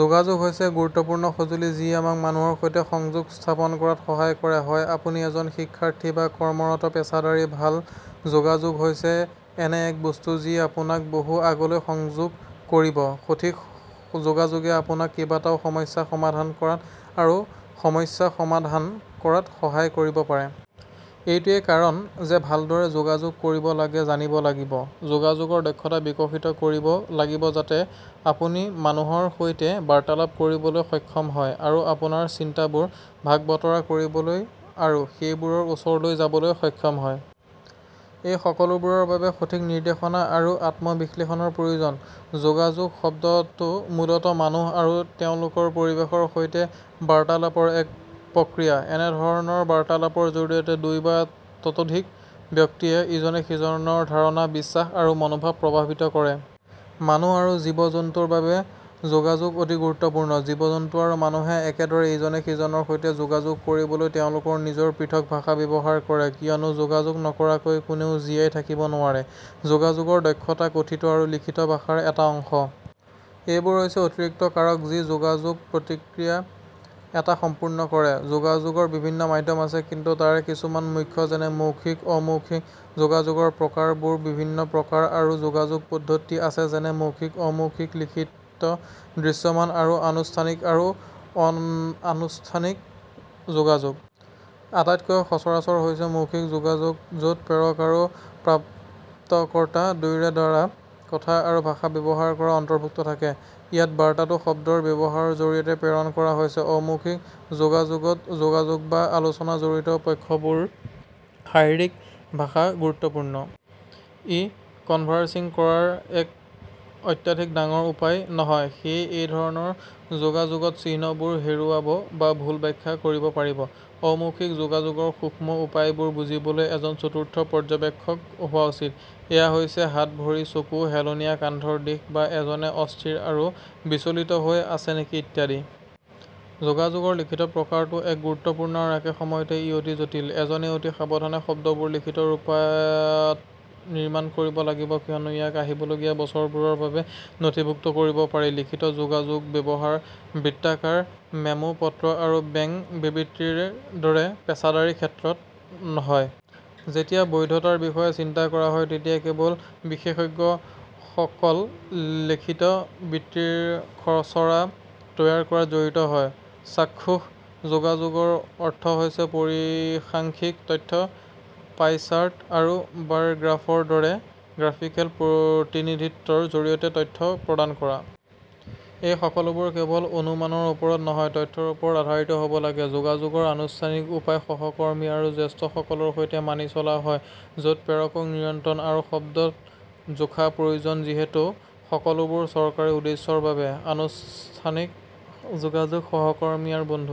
যোগাযোগ হৈছে এক গুৰুত্বপূৰ্ণ সঁজুলি যি আমাক মানুহৰ সৈতে সংযোগ স্থাপনকৰাত সহায় কৰে। হয় আপুনি এজন শিক্ষাৰ্থী বা কৰ্মৰত পেছাদাৰী, ভাল যোগাযোগ হৈছে এনে এক বস্তু যি আপোনাক বহু আগলৈ সংযোগ কৰিব। সঠিক যোগাযোগে আপোনাক কেইবাটাও সমস্যা সমাধান কৰাত আৰু সমস্যাসমাধান কৰাত সহায় কৰিব পাৰে। এইটোৱেই কাৰণ যে ভালদৰে যোগাযোগ কৰিব লাগে জানিব লাগিব। যোগাযোগৰ দক্ষতা বিকশিত কৰিব লাগিব যাতে আপুনি মানুহৰ সৈতে বাৰ্তালাপ কৰিবলৈ সক্ষম হয়। আৰু আপোনাৰ চিন্তাবোৰ ভাগ বতৰা কৰিবলৈ আৰু সেইবোৰৰ ওচৰলৈ যাবলৈ সক্ষম হ'ব। এই সকলোবোৰৰ বাবে সঠিক নিৰ্দেশনা আৰু আত্ম-বিশ্লেষণৰ প্ৰয়োজন। যোগাযোগ শব্দটো মূলতঃ মানুহ আৰু তেওঁলোকৰ পৰিৱেশৰ সৈতে বাৰ্তালাপৰ এক প্ৰক্ৰিয়া। এনে ধৰণৰ বাৰ্তালাপৰ জৰিয়তে, দুই বা ততোধিক ব্যক্তিয়ে ইজনে সিজনৰ ধাৰণা, বিশ্বাস আৰু মনোভাৱ প্ৰভাৱিত কৰে। মানুহ আৰু জীৱ- জন্তুৰ বাবে যোগাযোগ অতি গুৰুত্বপূৰ্ণ। জীৱ-জন্তু আৰু মানুহে একেদৰে ইজনে সিজনৰ সৈতে যোগাযোগ কৰিবলৈ তেওঁলোকৰ নিজৰ পৃথক ভাষা ব্যৱহাৰ কৰে, কিয়নো যোগাযোগ নকৰাকৈ কোনেও জীয়াই থাকিব নোৱাৰে। যোগাযোগৰ দক্ষতা কথিত আৰু লিখিত ভাষাৰ এটা অংশ। এইবোৰ হৈছে অতিৰিক্ত কাৰক, যি যোগাযোগ প্ৰক্ৰিয়া এটা সম্পূৰ্ণ কৰে। যোগাযোগৰ বিভিন্ন মাধ্যম আছে কিন্তু তাৰে কিছুমান মুখ্য যেনে মৌখিক, অ-মৌখিক। যোগাযোগৰ প্ৰকাৰ বোৰ বিভিন্ন প্ৰকাৰ আৰু যোগাযোগৰ পদ্ধতি আছে, যেনে – মৌখিক, অ-মৌখিক, লিখিত, দৃশ্যমান আৰু আনুষ্ঠানিক, আৰু অনানুষ্ঠানিক যোগাযোগ। আটাইতকৈ সচৰাচৰ হৈছে মৌখিক যোগাযোগ য'ত প্ৰেৰক আৰু প্ৰাপ্তকৰ্তা দুয়োৰে দ্বাৰা কথা আৰু ভাষা ব্যৱহাৰ কৰা অন্তৰ্ভুক্ত থাকে। ইয়াত বাৰ্তাটো শব্দৰ ব্যৱহাৰৰ জৰিয়তে প্ৰেৰণ কৰা হৈছে। অ-মৌখিক যোগাযোগত, যোগাযোগ বা আলোচনাত জড়িত পক্ষবোৰৰ শাৰীৰিক ভাষা গুৰুত্বপূৰ্ণ। ই কনভাৰ্চিং কৰাৰ এক অত্যাধিক ডাঙৰ উপায় নহয়, সেয়েহে এই ধৰণৰ যোগাযোগত চিহ্নবোৰ হেৰুৱাব বা ভুল ব্যাখ্যা কৰিব পাৰি। অ-মৌখিক যোগাযোগৰ সূক্ষ্ম উপায়বোৰ বুজিবলৈ এজন চতুৰ পৰ্যবেক্ষক হোৱা উচিত। এয়া হৈছে হাত-ভৰি, চকু, হেলনীয়া কান্ধৰ দিশ, বা এজনে অস্থিৰ আৰু বিচলিত হৈ আছে নেকি ইত্যাদি। যোগাযোগৰ লিখিত প্ৰকাৰটো এক গুৰুত্বপূৰ্ণ আৰু একে সময়তে, ই অতি জটিল। এজনে অতি সাৱধানে শব্দবোৰ লিখিত ৰূপত নিৰ্মাণ কৰিব লাগিব কিয়নো ইয়াক আহিবলগীয়া বছৰবোৰৰ বাবে নথিভুক্ত কৰিব পাৰি। লিখিত যোগাযোগৰ ব্যৱহাৰ বৃত্তাকাৰ, মেমো, পত্ৰ, আৰু বেঙ্ক বিবৃতিৰ দৰে পেছাদাৰী ক্ষেত্ৰত হয়। যেতিয়া বৈধতাৰ বিষয়ে চিন্তা কৰা হয় তেতিয়া কেৱল বিশেষজ্ঞসকলেলিখিত বিবৃতিৰ খচৰা তৈয়াৰ কৰাত জড়িত হয়। চাক্ষুষ যোগাযোগৰ অৰ্থ হৈছে পৰিসাংখ্যিক তথ্য, পাই চাৰ্ট, আৰু বাৰ গ্ৰাফৰ দৰে গ্ৰাফিকেল প্ৰতিনিধিত্বৰ জৰিয়তে তথ্য প্ৰদান কৰা। এই সকলোবোৰ কেৱল অনুমানৰ ওপৰত নহয়, তথ্যৰ ওপৰত আধাৰিত হ'ব লাগে। যোগাযোগৰ আনুষ্ঠানিক উপায় সহকৰ্মী আৰু জ্যেষ্ঠসকলৰ সৈতে মানি চলা হয় য'ত প্ৰেৰকক নিয়ন্ত্ৰণ আৰু শব্দত জোখা প্ৰয়োজন যিহেতু সকলোবোৰ চৰকাৰী উদ্দেশ্যৰ বাবে। অনানুষ্ঠানিক যোগাযোগ সহকৰ্মী আৰু বন্ধু